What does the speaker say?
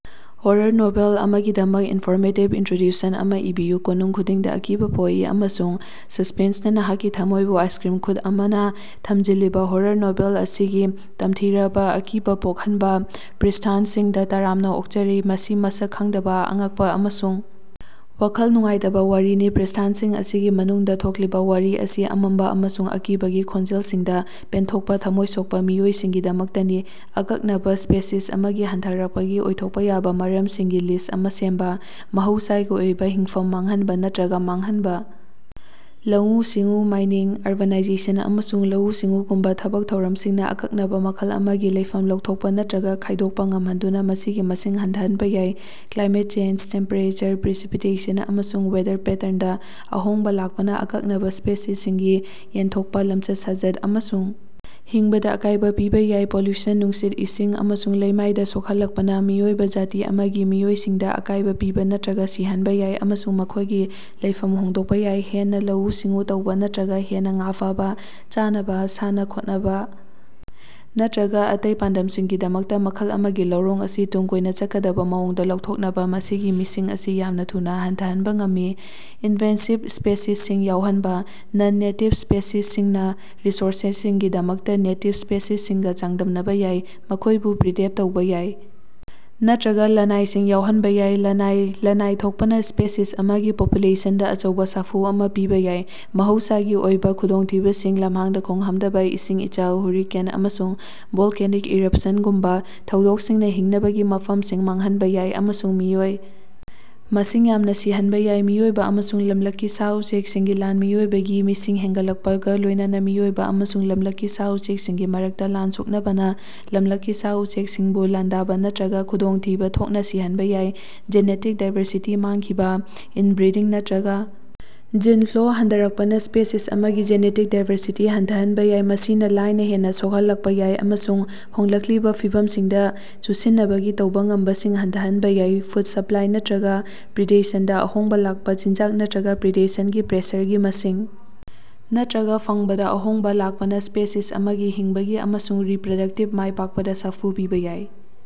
Horror novel ꯑꯃꯒꯤꯗꯃꯛ informative introduction ꯑꯃ ꯏꯕꯤꯌꯨ꯫ ꯀꯣꯅꯨꯡ ꯈꯨꯗꯤꯡꯗ ꯑꯀꯤꯕ ꯄꯣꯛꯏ ꯑꯃꯁꯨꯡ ꯁꯁ꯭ꯄꯦꯟꯁꯅ ꯅꯍꯥꯛꯀꯤ ꯊꯝꯃꯣꯏꯕꯨ ꯑꯥꯏꯁꯀ꯭ꯔꯤꯝ ꯈꯨꯠ ꯑꯃꯅ ꯊꯝꯖꯤꯜꯂꯤꯕ ꯍꯣꯔꯔ ꯅꯣꯚꯦꯜ ꯑꯁꯤꯒꯤ ꯇꯝꯊꯤꯔꯕꯥ ꯑꯀꯤꯕ ꯄꯣꯛꯍꯟꯕ ꯄ꯭ꯔ꯭ꯏꯁ꯭ꯊꯥꯁꯤꯡꯗꯥ ꯇꯔꯥꯝꯅꯥ ꯑꯣꯛꯆꯔꯤ꯫ ꯃꯁꯤ ꯃꯁꯛ ꯈꯪꯗꯕ ꯑꯉꯛꯄ ꯑꯃꯁꯨꯡ ꯋꯥꯈꯜ ꯅꯨꯡꯉꯥꯏꯇꯕ ꯋꯥꯔꯤꯅꯤ꯫ ꯄ꯭ꯔ꯭ꯏꯁ꯭ꯊꯥꯁꯤꯡ ꯑꯁꯤꯒꯤ ꯃꯅꯨꯡꯗ ꯊꯣꯛꯂꯤꯕ ꯋꯥꯔꯤ ꯑꯁꯤ ꯑꯃꯝꯕ ꯑꯃꯁꯨꯡ ꯑꯀꯤꯕꯒꯤ ꯈꯣꯟꯖꯦꯜꯁꯤꯡꯗ ꯄꯦꯟꯊꯣꯛꯄ ꯊꯝꯃꯣꯏ ꯁꯣꯛꯄ ꯃꯤꯑꯣꯏꯁꯤꯡꯒꯤꯗꯃꯛꯇꯅꯤ꯫ ꯑꯀꯛꯅꯕꯥ ꯁ꯭ꯄꯦꯁꯤꯁ ꯑꯃꯒꯤ ꯍꯟꯊꯔꯛꯄꯒꯤ ꯑꯣꯏꯊꯣꯛꯄ ꯌꯥꯕ ꯃꯔꯝꯁꯤꯡꯒꯤ ꯂꯤꯁ꯭ꯠ ꯑꯃ ꯁꯦꯝꯕ꯫ ꯃꯍꯧꯁꯥꯒꯤ ꯑꯣꯏꯕ ꯍꯤꯡꯐꯝ ꯃꯥꯡꯍꯟꯕ ꯅꯠꯇ꯭ꯔꯒ ꯃꯥꯡꯍꯟꯕ: ꯂꯧꯎ-ꯁꯤꯡꯎ, ꯃꯥꯏꯅꯤꯡ, ꯑꯔꯕꯥꯅꯥꯏꯖꯦꯁꯟ, ꯑꯃꯁꯨꯡ ꯂꯧꯎ-ꯁꯤꯡꯎꯒꯨꯝꯕ ꯊꯕꯛ ꯊꯧꯔꯝꯁꯤꯡꯅ ꯑꯀꯛꯅꯕ ꯃꯈꯜ ꯑꯃꯒꯤ ꯂꯩꯐꯝ ꯂꯧꯊꯣꯛꯄ ꯅꯠꯇ꯭ꯔꯒ ꯈꯥꯏꯗꯣꯛꯄ ꯉꯝꯍꯟꯗꯨꯅ ꯃꯁꯤꯒꯤ ꯃꯤꯁꯤꯡ ꯍꯟꯊꯍꯟꯕ ꯌꯥꯏ꯫ ꯀ꯭ꯂꯥꯏꯃꯦꯠ ꯆꯦꯟꯖ: ꯇꯦꯝꯄꯦꯔꯦꯆꯔ, ꯄ꯭ꯔꯦꯁꯤꯄꯤꯇꯦꯁꯟ ꯑꯃꯁꯨꯡ ꯋꯦꯗꯔ ꯄꯦꯇꯔꯟꯗ ꯑꯍꯣꯡꯕ ꯂꯥꯛꯄꯅ ꯑꯀꯛꯅꯕ ꯁ꯭ꯄꯦꯁꯤꯁꯁꯤꯡꯒꯤ ꯌꯦꯟꯊꯣꯛꯄ, ꯂꯝꯆꯠ-ꯁꯥꯖꯠ ꯑꯃꯁꯨꯡ ꯍꯤꯡꯕꯗ ꯑꯀꯥꯏꯕ ꯄꯤꯕ ꯌꯥꯏ꯫ ꯄꯣꯂꯨꯁꯟ: ꯅꯨꯡꯁꯤꯠ, ꯏꯁꯤꯡ ꯑꯃꯁꯨꯡ ꯂꯩꯃꯥꯏꯗ ꯁꯣꯛꯍꯜꯂꯛꯄꯅ ꯃꯤꯑꯣꯏꯕ ꯖꯥꯇꯤ ꯑꯃꯒꯤ ꯃꯤꯑꯣꯏꯁꯤꯡꯗ ꯑꯀꯥꯏꯕ ꯄꯤꯕ ꯅꯠꯇ꯭ꯔꯒ ꯁꯤꯍꯟꯕ ꯌꯥꯏ ꯑꯃꯁꯨꯡ ꯃꯈꯣꯏꯒꯤ ꯂꯩꯐꯝ ꯍꯣꯡꯗꯣꯛꯄ ꯌꯥꯏ꯫ ꯍꯦꯟꯅ ꯂꯧꯎ-ꯁꯤꯡꯎ ꯇꯧꯕ ꯅꯠꯇ꯭ꯔꯒ ꯍꯦꯟꯅ ꯉꯥ ꯐꯥꯕ: ꯆꯥꯅꯕ, ꯁꯥꯟꯅ-ꯈꯣꯠꯅꯕ ꯅꯠꯇ꯭ꯔꯒ ꯑꯇꯩ ꯄꯥꯟꯗꯝꯁꯤꯡꯒꯤꯗꯃꯛꯇ ꯃꯈꯜ ꯑꯃꯒꯤ ꯂꯧꯔꯣꯛ ꯑꯁꯤ ꯇꯨꯡ ꯀꯣꯏꯅ ꯆꯠꯀꯗꯕ ꯃꯑꯣꯡꯗ ꯂꯧꯊꯣꯛꯄꯅ ꯃꯁꯤꯒꯤ ꯃꯤꯁꯤꯡ ꯑꯁꯤ ꯌꯥꯝꯅ ꯊꯨꯅ ꯍꯟꯊꯍꯟꯕ ꯉꯝꯃꯤ꯫ ꯏꯅꯚꯦꯁꯤꯕ ꯁ꯭ꯄꯦꯁꯤꯁꯁꯤꯡ ꯌꯥꯎꯍꯟꯕ: ꯅꯟ-ꯅꯦꯇꯤꯕ ꯁ꯭ꯄꯦꯁꯤꯁꯁꯤꯡꯅ ꯔꯤꯁꯣꯔꯁꯁꯤꯡꯒꯤꯗꯃꯛꯇ ꯅꯦꯇꯤꯕ ꯁ꯭ꯄꯦꯁꯤꯁꯁꯤꯡꯒ ꯆꯥꯡꯗꯝꯅꯕ ꯌꯥꯏ,꯫ ꯃꯈꯣꯏꯕꯨ ꯄ꯭ꯔꯤꯗꯦꯠ ꯇꯧꯕ ꯌꯥꯏ ꯅꯠꯇ꯭ꯔꯒ ꯂꯥꯏꯅꯥꯁꯤꯡ ꯌꯥꯎꯍꯟꯕ ꯌꯥꯏ꯫ ꯂꯥꯏꯅꯥ: ꯂꯥꯏꯅꯥ ꯊꯣꯛꯄꯅ ꯁ꯭ꯄꯤꯁꯤꯁ ꯑꯃꯒꯤ ꯄꯣꯄꯨꯂꯦꯁꯟꯗ ꯑꯆꯧꯕ ꯁꯥꯐꯨ ꯑꯃ ꯄꯤꯕ ꯌꯥꯏ꯫ ꯃꯍꯧꯁꯥꯒꯤ ꯑꯣꯏꯕ ꯈꯨꯗꯣꯡꯊꯤꯕꯁꯤꯡ: ꯂꯝꯍꯥꯡꯗ ꯈꯣꯡꯍꯥꯝꯗꯕ, ꯏꯁꯤꯡ ꯏꯆꯥꯎ, ꯍꯨꯔꯤꯀꯦꯟ, ꯑꯃꯁꯨꯡ ꯚꯣꯂꯀꯦꯅꯤꯛ ꯏꯔꯄꯁꯅꯒꯨꯝꯕꯥ ꯊꯧꯗꯣꯛꯁꯤꯡꯅ ꯍꯤꯡꯅꯕꯒꯤ ꯃꯐꯝꯁꯤꯡ ꯃꯥꯡꯍꯟꯕ ꯌꯥꯏ ꯑꯃꯁꯨꯡ ꯃꯤꯑꯣꯏ ꯃꯁꯤꯡ ꯌꯥꯝꯅ ꯁꯤꯍꯟꯕ ꯌꯥꯏ꯫ ꯃꯤꯑꯣꯏꯕ ꯑꯃꯁꯨꯡ ꯂꯝꯂꯛꯀꯤ ꯁꯥ-ꯎꯆꯦꯀꯁꯤꯡꯒꯤ ꯂꯥꯟ: ꯃꯤꯑꯣꯏꯕꯒꯤ ꯃꯤꯁꯤꯡ ꯍꯦꯅꯒꯠꯂꯛꯄꯒ ꯂꯣꯏꯅꯅ ꯃꯤꯑꯣꯏꯕ ꯑꯃꯁꯨꯡ ꯂꯝꯂꯛꯀꯤ ꯁꯥ-ꯎꯆꯦꯀꯁꯤꯡꯒꯤ ꯃꯔꯛꯇ ꯂꯥꯟ ꯁꯣꯛꯅꯕꯅ ꯂꯝꯂꯛꯀꯤ ꯁꯥ-ꯎꯆꯦꯛꯁꯤꯡꯕꯨ ꯂꯥꯟꯗꯥꯕ ꯅꯠꯇ꯭ꯔꯒ ꯈꯨꯗꯣꯡꯊꯤꯕ ꯊꯣꯛꯅ ꯁꯤꯍꯟꯕ ꯌꯥꯏ꯫ ꯖꯦꯅꯦꯇꯤꯛ ꯗꯥꯏꯕꯔꯁꯤꯇꯤ ꯃꯥꯡꯈꯤꯕꯥ: ꯏꯅꯕ꯭ꯔꯤꯗꯤꯡ ꯅꯠꯇ꯭ꯔꯒ ꯖꯤꯟ ꯐ꯭ꯂꯣ ꯍꯟꯊꯔꯛꯄꯅꯥ ꯁ꯭ꯄꯦꯁꯤꯁ ꯑꯃꯒꯤ ꯖꯦꯅꯦꯇꯤꯛ ꯗꯥꯏꯕꯔꯁꯤꯇꯤ ꯍꯟꯊꯍꯟꯕ ꯌꯥꯏ꯫ ꯃꯁꯤꯅ ꯂꯥꯏꯅ ꯍꯦꯟꯅ ꯁꯣꯛꯍꯟꯂꯛꯄ ꯌꯥꯏ ꯑꯃꯁꯨꯡ ꯍꯣꯡꯂꯛꯂꯤꯕ ꯐꯤꯚꯝꯁꯤꯡꯗ ꯆꯨꯁꯤꯟꯅꯕꯒꯤ ꯇꯧꯕ ꯉꯝꯕꯁꯤꯡ ꯍꯟꯊꯍꯟꯕ ꯌꯥꯏ꯫ ꯐꯨꯗ ꯁꯞꯂꯥꯏ ꯅꯠꯇ꯭ꯔꯒ ꯄ꯭ꯔꯤꯗꯦꯁꯟꯗ ꯑꯍꯣꯡꯕ ꯂꯥꯛꯄ: ꯆꯤꯟꯖꯥꯛ ꯅꯠꯇ꯭ꯔꯒ ꯄ꯭ꯔꯤꯗꯦꯁꯟꯒꯤ ꯄ꯭ꯔꯦꯁꯔꯒꯤ ꯃꯁꯤꯡ ꯅꯠꯇ꯭ꯔꯒ ꯐꯪꯕꯗ ꯑꯍꯣꯡꯕ ꯂꯥꯛꯄꯅ ꯁ꯭ꯄꯦꯁꯤꯁ ꯑꯃꯒꯤ ꯍꯤꯡꯕꯒꯤ ꯑꯃꯁꯨꯡ ꯔꯤꯞꯔꯗꯛꯇꯤꯚ ꯃꯥꯏꯄꯥꯛꯄꯗ ꯁꯥꯐꯨ ꯄꯤꯕ ꯌꯥꯏ꯫